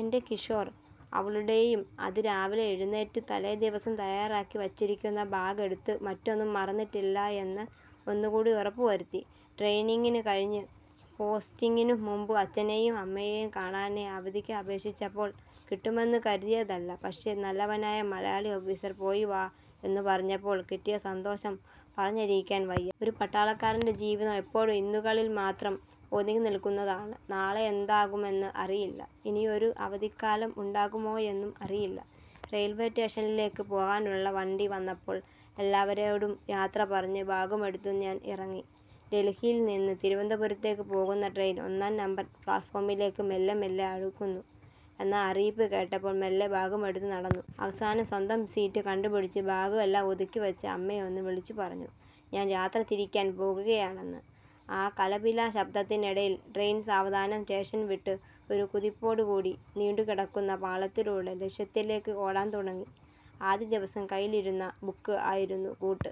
എന്റെ കിഷോർ അവളുടെയും അതിരാവിലെ എഴുന്നേറ്റ് തലേദിവസം തയാറാക്കി വച്ചിരിക്കുന്ന ബാഗ് എടുത്ത് മറ്റൊന്നും മറന്നിട്ടില്ലായെന്ന് ഒന്നുകൂടി ഉറപ്പുവരുത്തി. ട്രെയ്നിങ്ങിന് കഴിഞ്ഞ് പോസ്റ്റിങ്ങിനു മുമ്പ് അച്ഛനെയും അമ്മയെയും കാണാനായി അവധിക്ക് അപേക്ഷിച്ചപ്പോൾ കിട്ടുമെന്ന് കരുതിയതല്ല. പക്ഷേ നല്ലവനായ മലയാളി ഓഫിസർ പോയി വാ എന്നുപറഞ്ഞപ്പോൾ കിട്ടിയ സന്തോഷം പറഞ്ഞറിയിക്കാൻ വയ്യാ. ഒരു പട്ടാളക്കാരന്റെ ജീവിതം എപ്പോഴും ഇന്നുകളിൽ മാത്രം ഒതുങ്ങിനിൽക്കുന്നതാണ് നാളെ എന്താകുമെന്ന് അറിയില്ല. ഇനിയൊരു അവധിക്കാലം ഉണ്ടാകുമോയെന്നും അറിയില്ല. റെയിൽവേ സ്റ്റേഷനിലേക്ക് പോകാനുള്ള വണ്ടി വന്നപ്പോൾ എല്ലാവരോടും യാത്ര പറഞ്ഞ് ബാഗുമെടുത്ത് ഞാൻ ഇറങ്ങി. ഡൽഹിയിൽ നിന്ന് തിരുവന്തപുരത്തേക്ക് പോകുന്ന ട്രെയിൻ ഒന്നാം നമ്പർ പ്ലാറ്റ്ഫോമിലേക്ക് മെല്ലെ മെല്ലെ അടുക്കുന്നു എന്ന അറിയിപ്പ് കേട്ടപ്പോൾ മെല്ലെ ബാഗുമെടുത്ത് നടന്നു. അവസാനം സ്വന്തം സീറ്റ് കണ്ടുപിടിച്ച് ബാഗ് എല്ലാം ഒതുക്കിവച്ച് അമ്മയെ ഒന്ന് വിളിച്ചു പറഞ്ഞു ഞാൻ യാത്ര തിരിക്കാൻ പോകുകയാണെന്ന്. ആ കലപില ശബ്ദത്തിനിടയിൽ ട്രെയിൻ സാവധാനം സ്റ്റേഷൻ വിട്ട് ഒരു കുതിപ്പോടുകൂടി നീണ്ടുകിടക്കുന്ന പാളത്തിലൂടെ ലക്ഷ്യത്തിലേക്ക് ഓടാൻതുടങ്ങി. ആദ്യദിവസം കൈയിലിരുന്ന ബുക്ക് ആയിരുന്നു കൂട്ട്.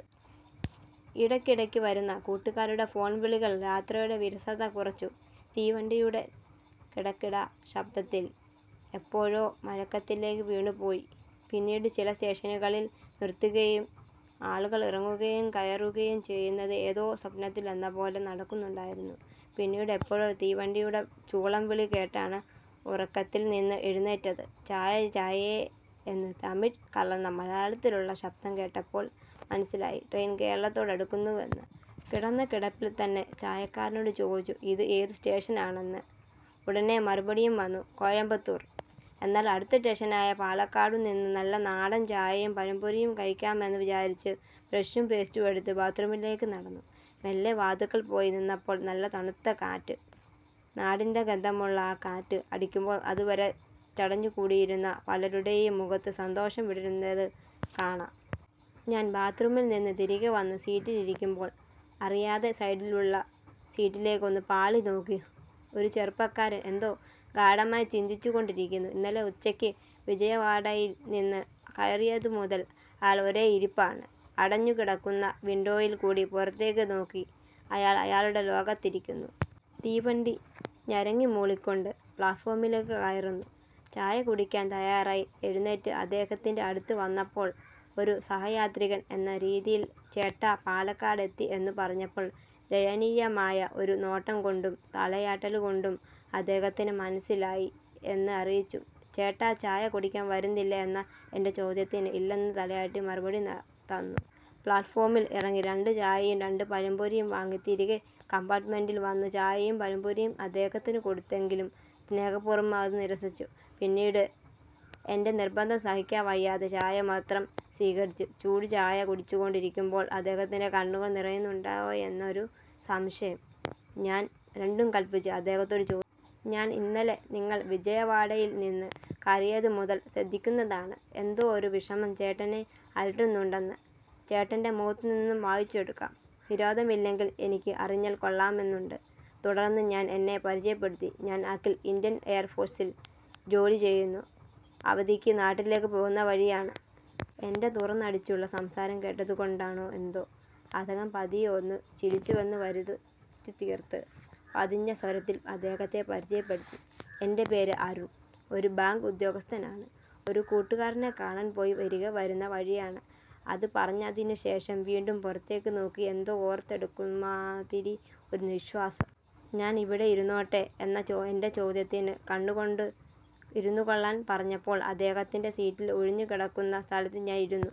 ഇടക്കിടക്ക് വരുന്ന കൂട്ടുകാരുടെ ഫോൺ വിളികൾ യാത്രയുടെ വിരസത കുറച്ചു. തീവണ്ടിയുടെ കിടകിട ശബ്ദത്തിൽ എപ്പോഴോ മയക്കത്തിലേക്ക് വീണുപോയി. പിന്നീട് ചില സ്റ്റേഷനുകളിൽ നിർത്തുകയും ആളുകൾ ഇറങ്ങുകയും കയറുകയും ചെയ്യുന്നത് ഏതോ സ്വപ്നത്തിലെന്നപോലെ നടക്കുന്നുണ്ടായിരുന്നു. പിന്നീട് എപ്പോഴോ തീവണ്ടിയുടെ ചൂളംവിളി കേട്ടാണ് ഉറക്കത്തിൽനിന്ന് എഴുന്നേറ്റത്. ചായ ചായേ എന്ന് തമിഴ് കലർന്ന മലയാളത്തിലുള്ള ശബ്ദം കേട്ടപ്പോൾ മനസിലായി ട്രെയിൻ കേരളത്തോട് അടുക്കുന്നുവെന്ന്. കിടന്ന കിടപ്പിൽ തന്നെ ചായക്കാരനോട് ചോദിച്ചു ഇത് ഏതു സ്റ്റേഷനാണെന്ന്, ഉടനെ മറുപടിയും വന്നു കോയമ്പത്തൂർ. എന്നാൽ അടുത്ത സ്റ്റേഷനായ പാലക്കാടുനിന്ന് നല്ല നാടൻ ചായയും പഴംപൊരിയും കഴിക്കാമെന്ന് വിചാരിച്ച് ബ്രെഷും പേസ്റ്റും എടുത്ത് ബാത്റൂമിലേക്ക് നടന്നു. മെല്ലെ വാതുക്കൽ പോയി നിന്നപ്പോൾ നല്ല തണുത്ത കാറ്റ്, നാടിന്റെ ഗന്ധമുള്ള ആ കാറ്റ് അടിക്കുമ്പോൾ അതുവരെ ചടഞ്ഞുകൂടിയിരുന്ന പലരുടെയും മുഖത്ത് സന്തോഷം വിടരുന്നത്ത് കാണാം. ഞാൻ ബാത്റൂമിൽ നിന്ന് തിരികെ വന്ന് സീറ്റിൽ ഇരിക്കുമ്പോൾ അറിയാതെ സൈഡിലുള്ള സീറ്റിലേക്ക് ഒന്ന് പാളിനോക്കി. ഒരു ചെറുപ്പക്കാരൻ എന്തോ ഗാഢമായി ചിന്തിച്ചുകൊണ്ടിരിക്കുന്നു. ഇന്നലെ ഉച്ചക്ക് വിജയവാഡയിൽ നിന്ന് കയറിയതുമുതൽ അയാൾ ഒരേ ഇരിപ്പാണ്. അടഞ്ഞുകിടക്കുന്ന വിൻഡോയിൽ കൂടി പുറത്തേക്ക് നോക്കി അയാൾ അയാളുടെ ലോകത്തിരിക്കുന്നു. തീവണ്ടി ഞരങ്ങിമൂളികൊണ്ട് പ്ലാറ്റ്ഫോമിലേക്ക് കയറുന്നു. ചായകുടിക്കാൻ തയ്യാറായി എഴുന്നേറ്റ് അദ്ദേഹത്തിന്റെ അടുത്ത് വന്നപ്പോൾ ഒരു സഹയാത്രികൻ എന്ന രീതിയിൽ ചേട്ടാ പാലക്കാട് എത്തി എന്നു പറഞ്ഞപ്പോൾ ദയനീയമായ ഒരു നോട്ടംകൊണ്ടും തലയാട്ടാലുകൊണ്ടും അദ്ദേഹത്തിന് മനസിലായി എന്ന് അറിയിച്ചു ചേട്ടാ ചായ കുടിക്കാൻ വരുന്നില്ലേ എന്ന എന്റെ ചോദ്യത്തിന്, ഇല്ലെന്ന് തലയാട്ടി മറുപടി തന്നു. പ്ലാറ്റ്ഫോമിൽ ഇറങ്ങി രണ്ട് ചായയും രണ്ട് പഴംപൊരിയും വാങ്ങി തിരികെ കംപാർട്മെന്റിൽ വന്നു. ചായയും പഴംപൊരിയും അദ്ദേഹത്തിന് കൊടുത്തെങ്കിലും സ്നേഹപൂർവം അത് നിരസിച്ചു. പിന്നീട് എന്റെ നിർബന്ധം സഹിക്കവയ്യാതെ ചായ മാത്രം സീകരിച്ചു. ചൂടുചായ കുടിച്ചുകൊണ്ടിരിക്കുമ്പോൾ അദ്ദേഹത്തിന്റെ കണ്ണുകൾ നിറയുന്നുണ്ടോയെന്നൊരു സംശയം. ഞാൻ രണ്ടും കല്പിച്ച് അദ്ദേഹത്തോട് ചോദിച്ചു. ഞാൻ ഇന്നലെ നിങ്ങൾ വിജയവാഡയിൽ നിന്ന് കയറിയതുമുതൽ ശ്രദ്ധിക്കുന്നതാണ്, എന്തോ ഒരു വിഷമം ചേട്ടനെ അലട്ടുന്നുണ്ടെന്ന് ചേട്ടന്റെ മുഖത്തുനിന്നും വായിച്ചെടുക്കാം. വിരോധമില്ലെങ്കിൽ എനിക്ക് അറിഞ്ഞാൽ കൊള്ളാമെന്നുണ്ട്. തുടർന്ന് ഞാൻ എന്നെ പരിചയപ്പെടുത്തി. ഞാൻ അഖിൽ ഇന്ത്യൻ എയർഫോഴ്സിൽ ജോലി ചെയ്യുന്നു, അവധിക്ക് നാട്ടിലേക്ക് പോകുന്ന വഴിയാണ്. എന്റെ തുറന്നടിച്ചുള്ള സംസാരം കേട്ടതുകൊണ്ടാണോ എന്തോ അദ്ദേഹം പതിയെ ഒന്ന് ചിരിച്ചുവെന്ന് വരുത്തിത്തീർത്ത് പതിഞ്ഞ സ്വരത്തിൽ അദ്ദേഹത്തെ പരിചയപ്പെടുത്തി, എന്റെ പേര് അരുൺ, ഒരു ബാങ്ക് ഉദ്യോഗസ്ഥനാണ്. ഒരു കൂട്ടുകാരനെ കാണാൻ പോയി തിരികെ വരുന്ന വഴിയാണ്. അത് പറഞ്ഞതിനുശേഷം വീണ്ടും പുറത്തേക്ക് നോക്കി എന്തോ ഓർത്തെടുക്കുന്നമാതിരി ഒരു നിശ്വാസം. ഞാൻ ഇവിടെ ഇരുന്നോട്ടെ എന്ന എന്റെ ചോദ്യത്തിന്ന് കണ്ണുകൊണ്ട് ഇരുന്നുകൊള്ളാൻ പറഞ്ഞപ്പോൾ അദ്ദേഹത്തിന്റെ സീറ്റിൽ ഒഴിഞ്ഞു കിടക്കുന്ന സ്ഥലത്ത് ഞാൻ ഇരുന്നു.